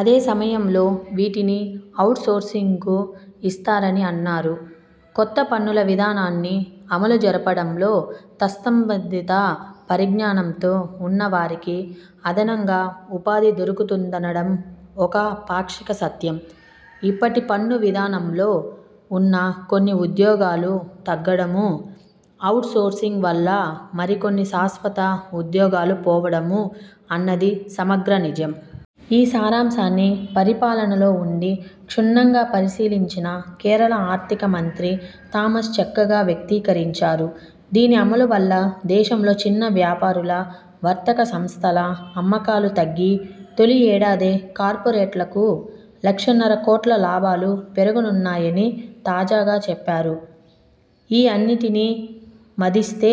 అదే సమయంలో వీటిని అవుట్ సోర్సింగ్కూ ఇస్తారని అన్నారు. కొత్త పన్నుల విధానాన్ని అమలు జరపడంలో తత్సంబంధిత పరిజ్ఞానంతో ఉన్న వారికి అదనంగా ఉపాధి దొరుకుతుందనడం ఒక పాక్షిక సత్యం. ఇప్పటి పన్ను విధానంలో ఉన్న కొన్ని ఉద్యోగాలు తగ్గడమూ, అవుట్ సోర్సింగ్ వల్ల మరికొన్ని శాశ్వత ఉద్యోగాలు పోవడమూ అన్నది సమగ్ర నిజం. ఈ సారాంశాన్ని పరిపాలనలో ఉండి క్షుణ్ణంగా పరిశీలించిన కేరళ ఆర్థిక మంత్రి థామస్ చక్కగా వ్యక్తీకరించారు. దీని అమలు వల్ల దేశంలో చిన్న వ్యాపారుల, వర్తక సంస్థల అమ్మకాలు తగ్గి తొలి యేడాదే కార్పొరేట్లకు లక్షన్నర కోట్ల లాభాలు పెరగనున్నాయని తాజాగా చెప్పారు. ఈ అన్నిటినీ మదిస్తే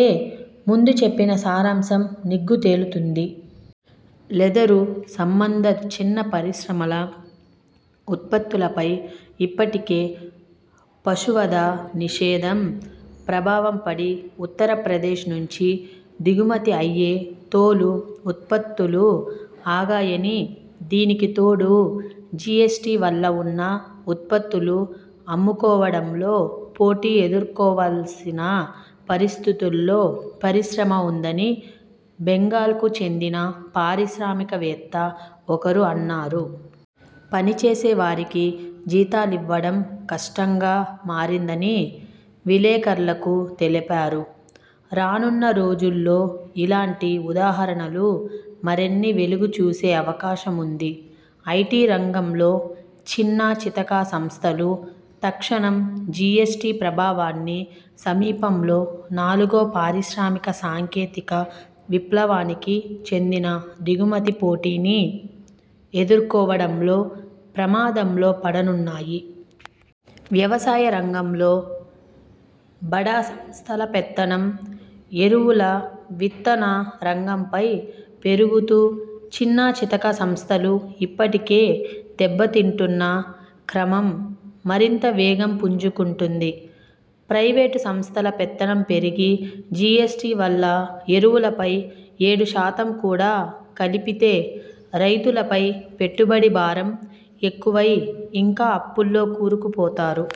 ముందు చెప్పిన సారాంశం నిగ్గు తేలుతుంది. లెదరు సంబంధ చిన్న పరిశ్రమల ఉత్పత్తులపై ఇప్పటికే పశువధ నిషేధం ప్రభావం పడి ఉత్తరప్రదేశ్ నుంచి దిగుమతి అయ్యే తోలు ఉత్పత్తులు ఆగాయనీ, దీనికి తోడు జీఎస్టీ వల్ల ఉన్న ఉత్పత్తులు అమ్ముకోవడంలో పోటీ ఎదుర్కోవాల్సిన పరిస్థితుల్లో పరిశ్రమ ఉందనీ బెంగాల్కు చెందిన పారిశ్రామిక వేత్త ఒకరు అన్నారు. పనిచేసే వారికి జీతాలివ్వడం కష్టంగా మారిందని విలేఖర్లకు తెలిపారు. రానున్న రోజుల్లో ఇలాంటి ఉదాహరణలు మరిన్ని వెలుగు చూసే అవకాశం వుంది. ఐటీ రంగంలో చిన్నా చితకా సంస్థలు తక్షణం జీఎస్టీ ప్రభావాన్నీ, సమీపంలో నాలుగో పారిశ్రామిక సాంకేతిక విప్లవానికి చెందిన దిగుమతి పోటీనీ ఎదుర్కోవడంలో ప్రమాదంలో పడనున్నాయి. వ్యవసాయ రంగంలో బడా సంస్థల పెత్తనం ఎరువుల, విత్తన రంగంపై పెరుగుతూ చిన్నచితకా సంస్థలు ఇప్పటికే దెబ్బతింటున్న క్రమం మరింత వేగం పుంజుకుంటుంది. ప్రయివేటు సంస్థల పెత్తనం పెరిగి, జీఎస్టీ వల్ల ఎరువులపై ఏడు శాతం కూడా కలిపితే రైతులపై పెట్టుబడి భారం ఎక్కువై ఇంకా అప్పుల్లో కూరుకుపోతారు.